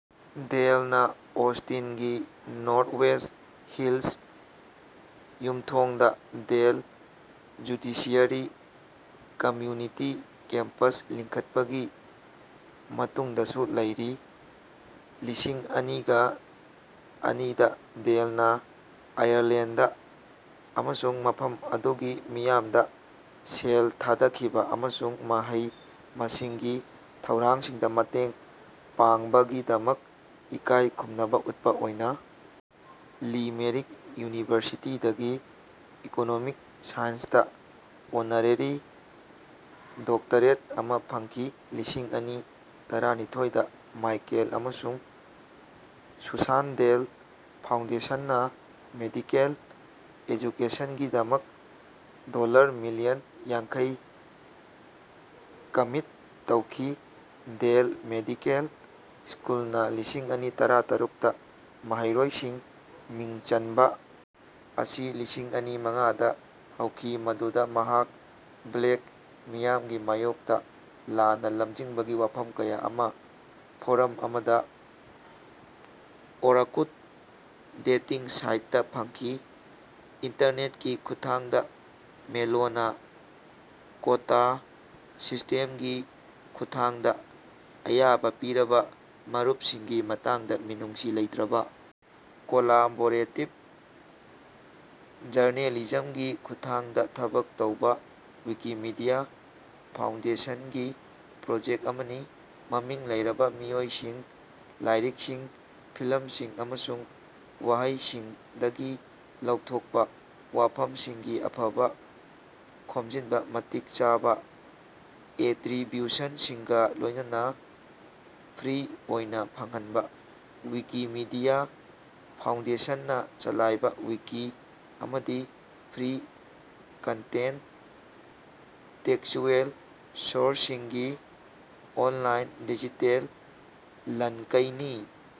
ꯗꯦꯜꯅꯥ ꯑꯣꯁꯇꯤꯟꯒꯤ Northwest Hills ꯌꯨꯝꯊꯣꯡꯗꯥ Dell judiciary community campus ꯂꯤꯡꯈꯠꯄꯒꯤ ꯃꯇꯨꯡꯗꯁꯨ ꯂꯩꯔꯤ꯫ ꯂꯤꯁꯤꯡ ꯑꯅꯤꯒ ꯑꯅꯤꯗꯥ ꯗꯦꯜꯅꯥ ꯑꯥꯌꯔꯂꯦꯟꯗ ꯑꯃꯁꯨꯡ ꯃꯐꯝ ꯑꯗꯨꯒꯤ ꯃꯤꯌꯥꯝꯗꯥ ꯁꯦꯜ ꯊꯥꯗꯈꯤꯕꯥ ꯑꯃꯁꯨꯡ ꯃꯍꯩ ꯃꯁꯤꯡꯒꯤ ꯊꯧꯔꯥꯡꯁꯤꯡꯗꯥ ꯃꯇꯦꯡ ꯄꯥꯡꯕꯒꯤꯗꯃꯛ ꯏꯀꯥꯏ ꯈꯨꯝꯅꯕꯥ ꯎꯠꯄꯥ ꯑꯣꯏꯅꯥ ꯂꯤꯃꯦꯔꯤꯛ ꯌꯨꯅꯤꯚꯔꯁꯤꯇꯤꯗꯒꯤ ꯏꯀꯣꯅꯣꯃꯤꯛ ꯁꯥꯏꯟꯁꯇꯥ ꯑꯣꯅꯔꯦꯔꯤ ꯗꯣꯛꯇꯔꯦꯠ ꯑꯃꯥ ꯐꯪꯈꯤ꯫ ꯂꯤꯁꯤꯡ ꯑꯅꯤ ꯇꯔꯥꯅꯤꯊꯣꯏꯗ ꯃꯥꯏꯀꯦꯜ ꯑꯃꯁꯨꯡ ꯁꯨꯁꯥꯟ ꯗꯦꯜ ꯐꯥꯎꯟꯗꯦꯁꯟꯅꯥ ꯃꯦꯗꯤꯀꯦꯜ ꯑꯦꯖꯨꯀꯦꯁꯟꯒꯤꯗꯃꯛ ꯗꯣꯜꯂꯔ ꯃꯤꯂꯤꯌꯟ ꯌꯥꯡꯈꯩ ꯀꯃꯤꯠ ꯇꯧꯈꯤ꯫ ꯗꯦꯜ ꯃꯦꯗꯤꯀꯦꯜ ꯁ꯭ꯀꯨꯜꯅꯥ ꯂꯤꯁꯤꯡ ꯑꯅꯤ ꯇꯔꯥ ꯇꯔꯨꯛꯇ ꯃꯍꯩꯔꯣꯏꯁꯤꯡ ꯃꯤꯡ ꯆꯟꯕꯥ ꯑꯁꯤ ꯂꯤꯁꯤꯡ ꯑꯅꯤ ꯃꯉꯥꯗꯥ ꯍꯧꯈꯤ ꯃꯗꯨꯗꯥ ꯃꯍꯥꯛꯅꯥ ꯕ꯭ꯂꯦꯛ ꯃꯤꯌꯥꯝꯒꯤ ꯃꯥꯌꯣꯛꯇꯥ ꯂꯥꯟꯅꯥ ꯂꯝꯖꯤꯡꯕꯒꯤ ꯋꯥꯐꯝ ꯀꯌꯥ ꯑꯃꯥ ꯐꯣꯔꯝ ꯑꯃꯗꯥ ꯑꯣꯔꯀꯨꯠ ꯗꯦꯇꯤꯡ ꯁꯥꯏꯠꯇꯥ ꯐꯡꯈꯤ꯫ ꯏꯟꯇꯔꯅꯦꯠꯀꯤ ꯈꯨꯠꯊꯥꯡꯗꯥ ꯃꯦꯂꯣꯅꯥ ꯀꯣꯇꯥ ꯁꯤꯁ꯭ꯇꯦꯝꯒꯤ ꯈꯨꯠꯊꯥꯡꯗꯥ ꯑꯌꯥꯕꯥ ꯄꯤꯔꯕꯥ ꯃꯔꯨꯞꯁꯤꯡꯒꯤ ꯃꯇꯥꯡꯗꯥ ꯃꯤꯅꯨꯡꯁꯤ ꯂꯩꯇ꯭ꯔꯕꯥ ꯀꯣꯂꯥꯕꯣꯔꯦꯇꯤꯕ ꯖꯔꯅꯦꯂꯤꯖꯝꯒꯤ ꯈꯨꯠꯊꯥꯡꯗꯥ ꯊꯕꯛ ꯇꯧꯕꯥ ꯋꯤꯀꯤꯃꯤꯗꯤꯌꯥ ꯐꯥꯎꯟꯗꯦꯁꯟꯒꯤ ꯄ꯭ꯔꯣꯖꯦꯛ ꯑꯃꯅꯤ꯫ ꯃꯃꯤꯡ ꯂꯩꯔꯕ ꯃꯤꯑꯣꯏꯁꯤꯡ ꯂꯥꯏꯔꯤꯛꯁꯤꯡ ꯐꯤꯂꯝꯁꯤꯡ ꯑꯃꯁꯨꯡ ꯋꯥꯍꯩꯁꯤꯡꯗꯒꯤ ꯂꯧꯊꯣꯛꯄꯥ ꯋꯥꯐꯝꯁꯤꯡꯒꯤ ꯑꯐꯕ ꯈꯣꯝꯖꯤꯟꯕ ꯃꯇꯤꯛ ꯆꯥꯕꯥ ꯑꯦꯇ꯭ꯔꯤꯕ꯭ꯌꯨꯁꯟꯁꯤꯡꯒꯥ ꯂꯣꯏꯅꯅꯥ ꯐ꯭ꯔꯤ ꯑꯣꯏꯅꯥ ꯐꯪꯍꯟꯕꯥ꯫ ꯋꯤꯀꯤꯃꯤꯗꯤꯌꯥ ꯐꯥꯎꯟꯗꯦꯁꯟꯅꯥ ꯆꯂꯥꯏꯕꯥ ꯋꯤꯀꯤ ꯑꯃꯗꯥ ꯐ꯭ꯔꯤ ꯀꯟꯇꯦꯟ ꯇꯦꯛꯆꯨꯑꯦꯜ ꯁꯣꯔꯁꯁꯤꯡꯒꯤ ꯑꯣꯟꯂꯥꯏꯟ ꯗꯤꯖꯤꯇꯦꯜ ꯂꯟꯀꯩꯅꯤ꯫